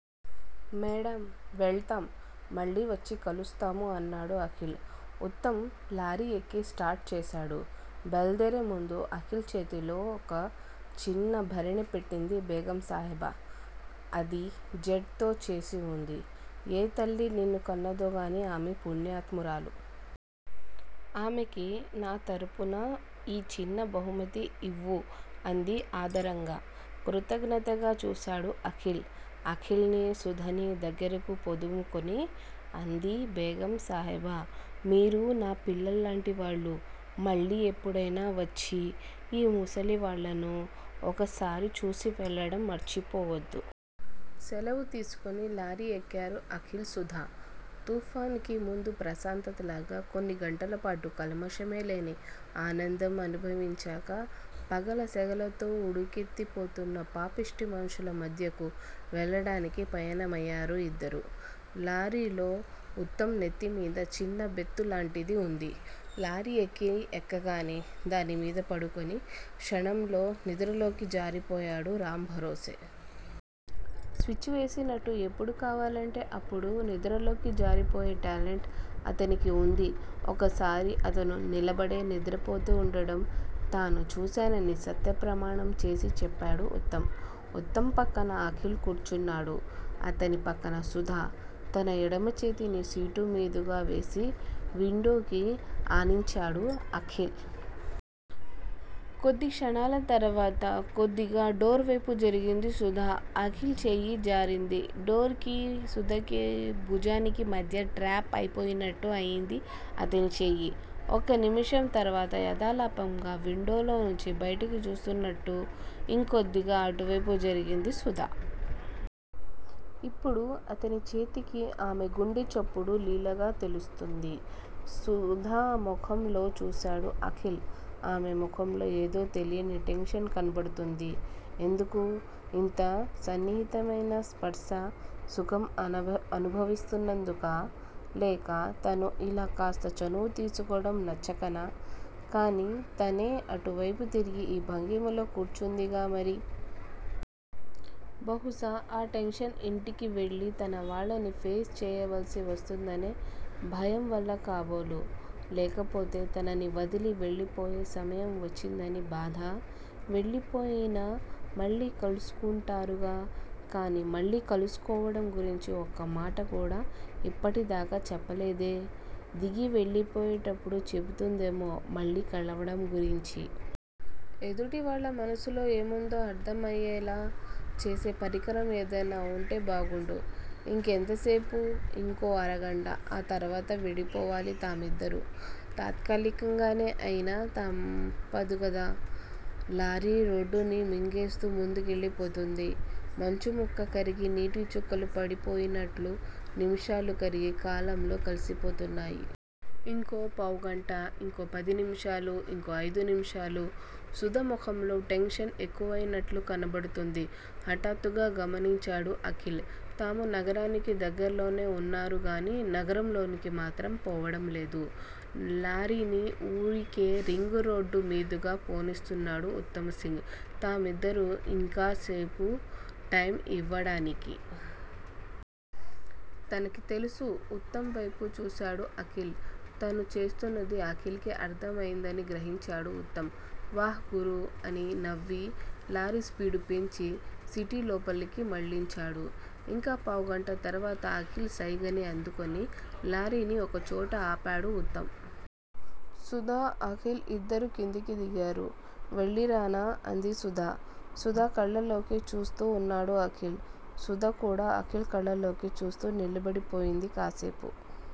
Madam వెళ్తాం. మళ్ళీ వచ్చి కలుస్తాము అన్నాడు అఖిల్. ఉత్తమ్ లారీ ఎక్కి స్టార్ట్ చేశాడు. బయలుదేరే ముందు అఖిల్ చేతిలో ఒక చిన్న భరిణె పెట్టింది బేగం సాహెబా. అది జేడ్ తో చేసి వుంది. ఏ తల్లి నిన్ను కన్నదోగానీ ఆమె పుణ్యాత్మురాలు. ఆమెకి నా తరఫున ఈ చిన్న బహుమతి ఇవ్వు అంది ఆదరంగా. కృతజ్ఞతగా చూశాడు అఖిల్. అఖిల్ ని, సుధనీ దగ్గరకు పొదుముకుని అంది బేగం సాహెబా మీరు నా పిల్లల్లాంటివాళ్ళు. మళ్ళీ ఎప్పుడైన వచ్చి ఈ ముసలి వాళ్ళను ఒక్కసారి చూసి వెళ్ళడం మర్చిపోవద్దు. సెలవు తీసుకుని లారీ ఎక్కారు అఖిల్, సుధా. తుఫాన్ కి ముందు ప్రశాంతతలాగా కొన్ని గంటలపాటు కల్మషమే లేని ఆనందం అనుభవించాక పగల సెగలతో ఉడుకెత్తి పోతున్న పాపిష్టి మనుషుల మధ్యకు వెళ్ళడానికి పయనమయ్యారు ఇద్దరూ. లారీలో ఉత్తమ్ నెత్తిమీద చిన్న బెర్తులాంటిది ఉంది. లారీ ఎక్కీ ఎక్కగానే దానిమీద పడుకుని క్షణంలో నిద్రలోకి జారిపోయాడు రాంభరోసే. స్విచ్ వేసినట్లు ఎప్పుడు కావాలంటే అప్పుడు నిద్రలోకి జారిపోయే టాలెంటు అతనికి వుంది. ఒకసారి అతను నిలబడే నిద్రపోతూ వుండడం తను చూశానని సత్య ప్రమాణం చేసి చెప్పాడు ఉత్తమ్. ఉత్తమ్ పక్కన అఖిల్ కూర్చున్నాడు. అతని పక్కన సుధ. తన ఎడమ చేతిని సీటు మీదుగా వేసి, విండోకి ఆనించాడు అఖిల్. కొద్ది క్షణాల తర్వాత, కొద్దిగా డోర్ వైపు జరిగింది సుధ. అఖిల్ చెయ్యి జారింది. డోర్ కి, సుధకి భుజానికీ మధ్య ట్రాప్ అయిపోయినట్లు అయ్యింది అతని చెయ్యి. ఒక నిమిషం తర్వాత, యధాలాపంగా విండోలో నుంచి బయటికి చూస్తున్నట్టు ఇంకొద్దిగా అటువైపు జరిగింది సుధ. ఇప్పుడు అతని చేతికి ఆమె గుండె చప్పుడు లీలగా తెలుస్తుంది. సుధ మొఖంలో చూశాడు అఖిల్. ఆమె మొఖంలో ఏదో తెలియని టెన్షన్ కనబడుతుంది. ఎందుకు? ఇంత సన్నిహితమైన స్పర్శా సుఖం అనుభ అనుభవిస్తున్నందుకా? లేక, తను ఇలా కాస్త చనువు తీసుకోవడం నచ్చకనా? కానీ తనే అటువైపు తిరిగి ఈ భంగిమలో కూర్చుందిగా మరి? బహుశా ఆ టెన్షన్ ఇంటికి వెళ్ళి తన వాళ్ళని ఫేస్ చెయ్యవలసి వస్తుందనే భయంవల్ల కాబోలు. లేకపోతే, తనని వదిలి వెళ్ళిపోయే సమయం వచ్చిందని బాధా? వెళ్ళిపోయినా మళ్ళీ కలుసుకుంటారుగా! కానీ, మళ్ళీ కలుసుకోవడం గురించి ఒక్క మాట కూడా ఇప్పటిదాకా చెప్పలేదే! దిగి వెళ్ళిపోయేటప్పుడు చెబుతుందేమో మళ్ళీ కలవడం గురించి. ఎదుటివాళ్ళ మనసులో ఏముందో అర్ధం అయ్యేలా చేసే పరికరం ఏదైనా వుంటే బావుండు. ఇంకెంతసేపు! ఇంకో అరగంట! ఆ తర్వాత విడిపోవాలి తామిద్దరూ. తాత్కాలికంగానే అయినా, తప్పదు కదా! లారీ రోడ్డుని మింగేస్తూ ముందుకెళ్ళిపోతుంది. మంచుముక్క కరిగి నీటిచుక్కలు పడిపోయినట్లు, నిమిషాలు కరిగి కాలంలో కలిసిపోతున్నాయి. ఇంకో పావుగంట. ఇంకో పది నిమిషాలు. ఇంకో అయిదు నిమిషాలు. సుధ మొహంలో టెన్షన్ ఎక్కువయినట్లు కనబడుతుంది. హఠాత్తుగా గమనించాడు అఖిల్. తాము నగరానికి దగ్గరలోనే వున్నారు గానీ నగరంలోనికి మాత్రం పోవడం లేదు. లారీని ఊరికే రింగురోడ్డు మీదుగా పోనిస్తున్నాడు ఉత్తమ సింగ్. తామిద్దరు ఇంకాసేపు టైం ఇవ్వడానికే. తనకి తెలుసు. ఉత్తమ్ వైపు చూశాడు అఖిల్. తను చేస్తున్నది అఖిల్ కి అర్ధం అయ్యిందని గ్రహించాడు ఉత్తమ్. వాహ్ గురూ! అని నవ్వి లారీ స్పీడు పెంచి, సిటీ లోపలికి మళ్ళించాడు. ఇంక పావుగంట తర్వాత అఖిల్ సైగని అందుకుని, లారీని ఒక చోట ఆపాడు ఉత్తమ్. సుధా, అఖిల్ ఇద్దరూ కిందికి దిగారు. వెళ్ళిరానా? అంది సుధ. సుధ కళ్ళలోకే చూస్తూ వున్నాడు అఖిల్. సుధ కూడా అఖిల్ కళ్ళలోకీ చూస్తూ నిలబడిపోయింది కాసేపు.